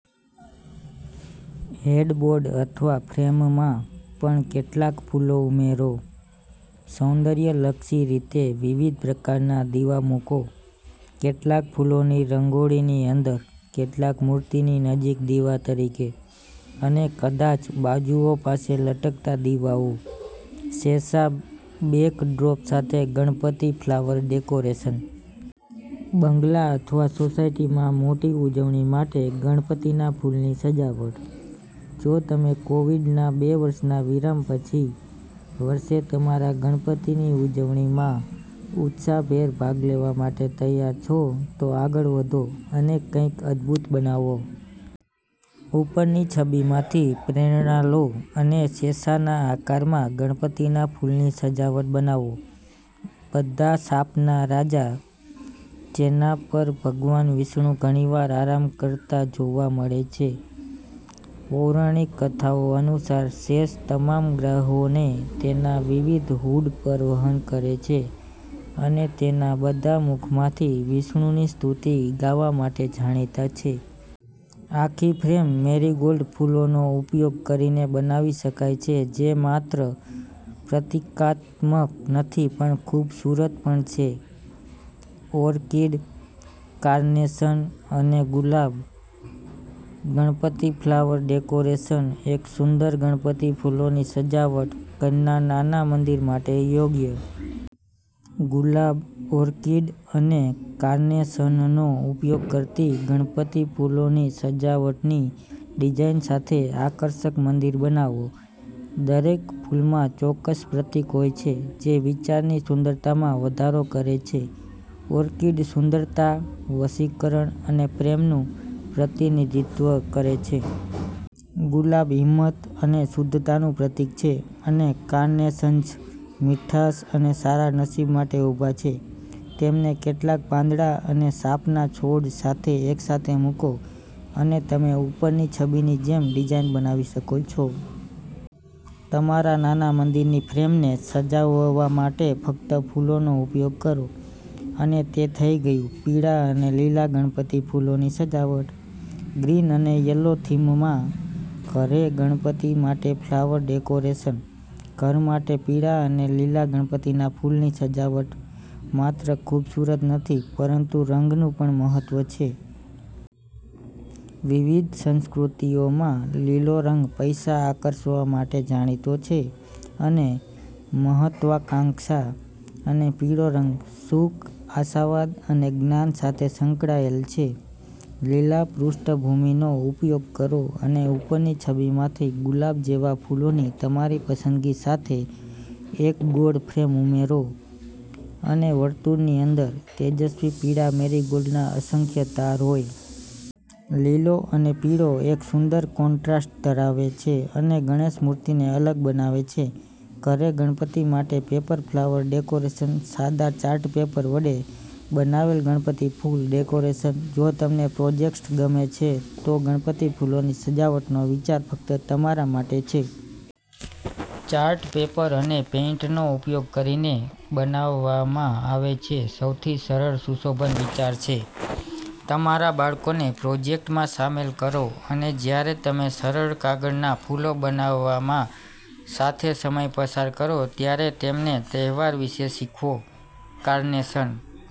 Headboard અથવા ફ્રેમમાં પણ કેટલાક ફૂલો ઉમેરો. સૌંદર્યલક્ષી રીતે વિવિધ પ્રકારનાં દીવા મૂકો. કેટલાક ફૂલોની રંગોળીની અંદર, કેટલાક મૂર્તિની નજીક દીવા તરીકે, અને કદાચ બાજુઓ પાસે લટકતા દીવાઓ. શેષા બેકડ્રોપ સાથે ગણપતિ ફ્લાવર ડેકોરેશન. બંગલા અથવા સોસાયટીમાં મોટી ઉજવણી માટે ગણપતિના ફૂલની સજાવટ. જો તમે કોવિડના બે વર્ષના વિરામ પછી વર્ષે તમારા ગણપતિની ઉજવણીમાં ઉત્સાહભેર ભાગ લેવા માટે તૈયાર છો, તો આગળ વધો અને કંઈક અદ્ભુત બનાવો. ઉપરની છબીમાંથી પ્રેરણા લો અને શેષાના આકારમાં ગણપતિના ફૂલની સજાવટ બનાવો. બધા સાપના રાજા જેના પર ભગવાન વિષ્ણુ ઘણીવાર આરામ કરતા જોવા મળે છે. પૌરાણિક કથાઓ અનુસાર, શેષ તમામ ગ્રહોને તેના વિવિધ હૂડ પર વહન કરે છે અને તેના બધા મુખમાંથી વિષ્ણુની સ્તુતિ ગાવા માટે જાણીતા છે. આખી ફ્રેમ મેરીગોલ્ડ ફૂલોનો ઉપયોગ કરીને બનાવી શકાય છે જે માત્ર પ્રતીકાત્મક નથી પણ ખૂબસૂરત પણ છે. ઓર્કિડ, કાર્નેશન અને ગુલાબ ગણપતિ ફ્લાવર ડેકોરેશન. એક સુંદર ગણપતિ ફૂલોની સજાવટ, ઘરના નાના મંદિર માટે યોગ્ય. ગુલાબ, ઓર્કિડ અને કાર્નેશનનો ઉપયોગ કરતી ગણપતિ ફૂલોની સજાવટની ડિઝાઇન સાથે આકર્ષક મંદિર બનાવો. દરેક ફૂલમાં ચોક્કસ પ્રતીક હોય છે જે વિચારની સુંદરતામાં વધારો કરે છે. ઓર્કિડ સુંદરતા, વશીકરણ અને પ્રેમનું પ્રતિનિધિત્વ કરે છે. ગુલાબ હિંમત અને શુદ્ધતાનું પ્રતીક છે, અને કાર્નેશન્સ મીઠાશ અને સારા નસીબ માટે ઊભા છે. તેમને કેટલાક પાંદડા અને સાપના છોડ સાથે એકસાથે મૂકો, અને તમે ઉપરની છબીની જેમ ડિઝાઇન બનાવી શકો છો. તમારા નાના મંદિરની ફ્રેમને સજાવવા માટે ફક્ત ફૂલોનો ઉપયોગ કરો, અને તે થઈ ગયું. પીળા અને લીલા ગણપતિ ફૂલોની સજાવટ. ગ્રીન અને યલો થીમમાં ઘરે ગણપતિ માટે ફ્લાવર ડેકોરેશન. ઘર માટે પીળા અને લીલા ગણપતિના ફૂલની સજાવટ માત્ર ખૂબસૂરત નથી પરંતુ રંગનું પણ મહત્વ છે. વિવિધ સંસ્કૃતિઓમાં, લીલો રંગ પૈસા આકર્ષવા માટે જાણીતો છે, અને મહત્વાકાંક્ષા અને પીળો રંગ સુખ, આશાવાદ અને જ્ઞાન સાથે સંકળાયેલ છે. લીલા પૃષ્ઠભૂમિનો ઉપયોગ કરો અને ઉપરની છબીમાંથી ગુલાબ જેવા ફૂલોની તમારી પસંદગી સાથે એક ગોળ ફ્રેમ ઉમેરો અને વર્તુળની અંદર, તેજસ્વી પીળા મેરીગોલ્ડના અસંખ્ય તાર હોય. લીલો અને પીળો એક સુંદર કોન્ટ્રાસ્ટ ધરાવે છે અને ગણેશ મૂર્તિને અલગ બનાવે છે. ઘરે ગણપતિ માટે પેપર ફ્લાવર ડેકોરેશન. સાદા ચાર્ટ પેપર વડે બનાવેલ ગણપતિ ફૂલ ડેકોરેશન. જો તમને પ્રોજેક્ટ્સ ગમે છે, તો ગણપતિ ફૂલોની સજાવટનો વિચાર ફક્ત તમારા માટે છે. ચાર્ટ પેપર અને પેઇન્ટનો ઉપયોગ કરીને બનાવવામાં આવે છે, સૌથી સરળ સુશોભન વિચાર છે. તમારા બાળકોને પ્રોજેક્ટમાં સામેલ કરો અને જ્યારે તમે સરળ કાગળના ફૂલો બનાવવામાં સાથે સમય પસાર કરો ત્યારે તેમને તહેવાર વિશે શીખવો. કાર્નેશન